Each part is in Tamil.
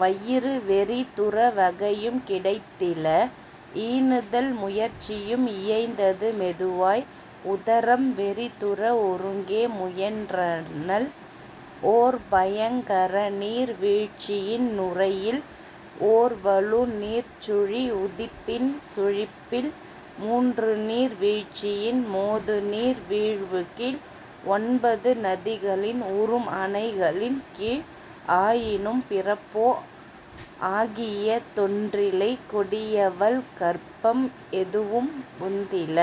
வயிறு வெறிதுற வகையும் கிடைத்தில. ஈனுதல் முயற்சியும் இயைந்தது மெதுவாய் உதரம் வெறிதுற ஒருங்கே முயன்றனள் ஓர்பயங் கரநீர் வீழ்ச்சியின் நுரையில் ஓர்வலு நீர்ச்சுழி உதிப்பின் சுழிப்பில் மூன்றுநீர் வீழ்ச்சியின் மோதுநீர் வீழ்வுகீழ் ஒன்பது நதிகளின் உறும்அணை களின்கீழ் ஆயினும் பிறப்போ ஆகிய தொன்றிலை கொடியவள் கர்ப்பம் எதுவும் புந்தில.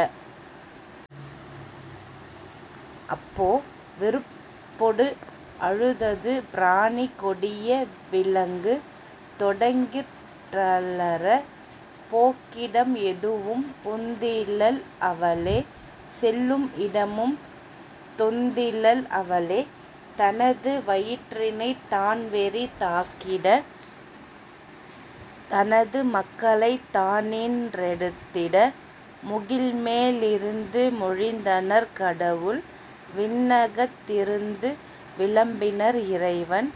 அப்போ வெறுப்பொடு அழுதது பிராணி கொடிய விலங்கு தொடங்கிற் றலற போக்கிடம் எதுவும் புந்திலள் அவளே செல்லும் இடமும் தொந்திலள் அவளே தனது வயிற்றினைத் தான்வெறி தாக்கிட தனது மக்களைத் தானீன் றெடுத்திட. முகில்மே லிருந்து மொழிந்தனர் கடவுள் விண்ணகத் திருந்து விளம்பினர் இறைவன்: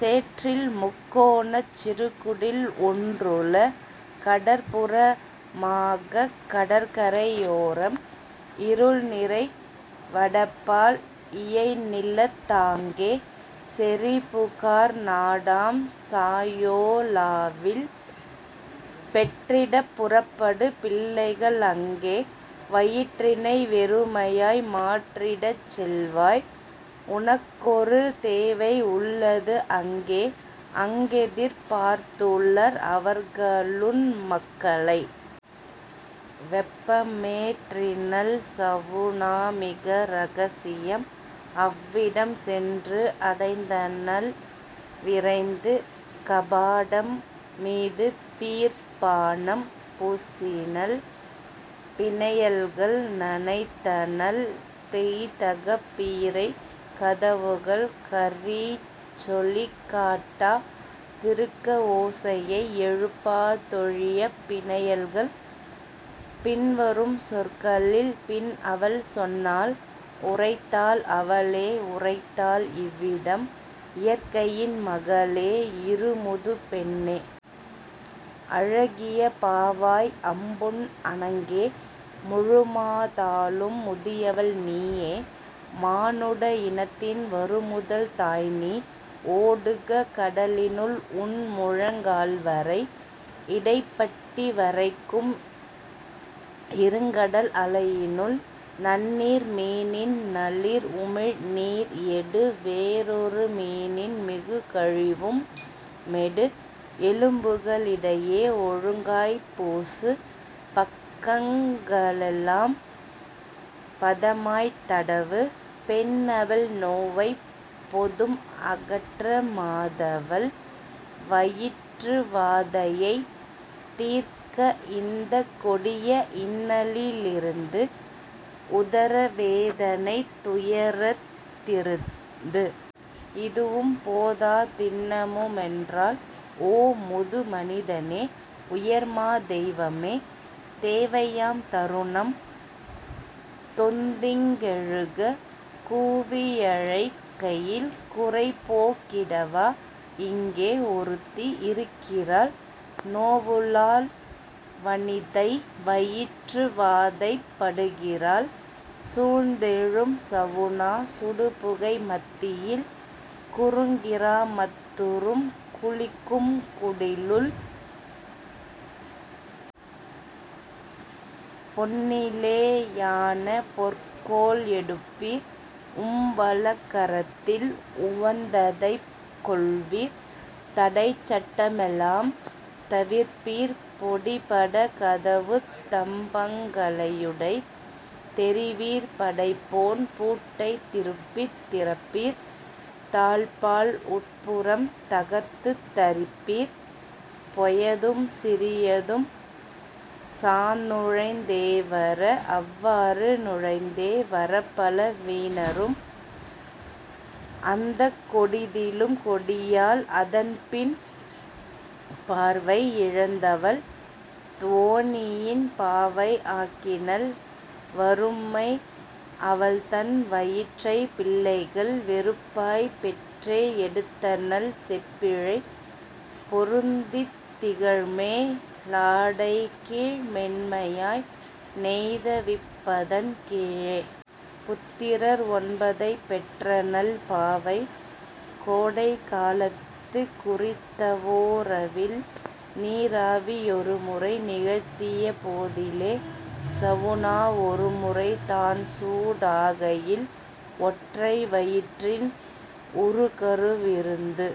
"சேற்றில்முக் கோணச் சிறுகுடில் ஒன்றுள கடற் புறமாகக் கடற்கரை யோரம் இருள்நிறை வடபால் இயைநிலத் தாங்கே செறிபு கார் நாடாம் சாயோ லாவில்; பெற்றிடப் புறப்படு பிள்ளைகள் அங்கே வயிற்றினை வெறுமையாய் மாற்றிடச் செல்வாய் உனக்கொரு தேவை உள்ளது அங்கே அங்கெதிர் பார்த்துளர் அவர்களுன் மக்களை. வெப்பமேற் றினள்சவு னாமிக ரகசியம் அவ்விடம் சென்று அடைந்தனள் விரைந்து கபாடம் மீது பீர் ப் பானம் பூசினள் பிணையல்கள் நனைத்தனள் பெய்தகப் பீரை கதவுகள் கறீச்சொலிக் காட்டா திருக்க ஓசையை எழுப்பா தொழியப் பிணையல்கள். பின்வரும் சொற்களில் பின்அவள் சொன்னாள் உரைத்தாள் அவளே உரைத்தாள் இவ்விதம்: "இயற்கையின் மகளே இருமுது பெண்ணே! அழகிய பாவாய் அம்பொன் அணங்கே! முழுமா தாலும் முதியவள் நீயே! மானுட இனத்தின் வருமுதல் தாய்நீ! ஓடுக, கடலினுள் உன்முழங் கால்வரை, இடைப்பட்டி வரைக்கும் இருங்கடல் அலையினுள் நன்னீர் மீனின் நளிர்உமிழ் நீர்எடு வேறொரு மீனின் மிகுகழி வும்மெடு எலும்புக ளிடையே ஒழுங்காய்ப் பூசு பக்கங்க ளெல்லாம் பதமாய்த் தடவு பெண்ணவள் நோவைப் பொதும் அகற்ற மாதவள் வயிற்று வாதையைத் தீர்க்க இந்தக் கொடிய இன்னலி லிருந்து உதர வேதனைத் துயரத் திருந்து! இதுவும் போதா தின்னமு மென்றால், ஓ, முது மனிதனே, உயர்மா தெய்வமே! தேவையாம் தருணம் தொந்திங் கெழுக கூவியழைக் கையில் குறைபோக் கிடவா இங்கே ஒருத்தி இருக்கிறாள் நோவுளாள் வனிதை வயிற்று வாதைப் படுகிறாள் சூழ்ந்தெழும் சவுனா சுடுபுகை மத்தியில் குறுங்கிரா மத்துறும் குளிக்கும் குடிலுள். பொன்னிலே யான பொற்கோல் எடுப்பீர் உம்வலக் கரத்தில் உவந்ததைக் கொள்வீர் தடைச்சட் டமெலாம் தவிர்ப்பீர் பொடிபட கதவுத் தம்பங் களையுடைத் தெறிவீர் படைப்போன் பூட்டைத் திருப்பித் திறப்பீர் தாழ்ப்பாள் உட்புறம் தகர்த்துத் தறிப்பீர் பொயதும் சிறியதும் சாநுழைந் தேவர அவ்வாறு நுழைந்தே வரப்பல வீனரும்! " அந்தக் கொடிதிலும் கொடியாள் அதன்பின் பார்வை யிழந்தவள் துவோனியின் பாவை ஆக்கினள் வெறுமை அவள்தன் வயிற்றை பிள்ளைகள் வெறுப்பாய்ப் பெற்றே எடுத்தனள் செப்பிழை பொருந்தித் திகழ்மே லாடைகீழ் மென்மையாய் நெய்த விப்பதன் கீழே. புத்திரர் ஒன்பதைப் பெற்றனள் பாவை கோடைகா லத்து குறித்தவோ ரவில் நீராவி யொருமுறை நிகழ்த்திய போதிலே சவுனா ஒருமுறை தான்சூ டாகையில் ஒற்றை வயிற்றின் உறுகரு விருந்து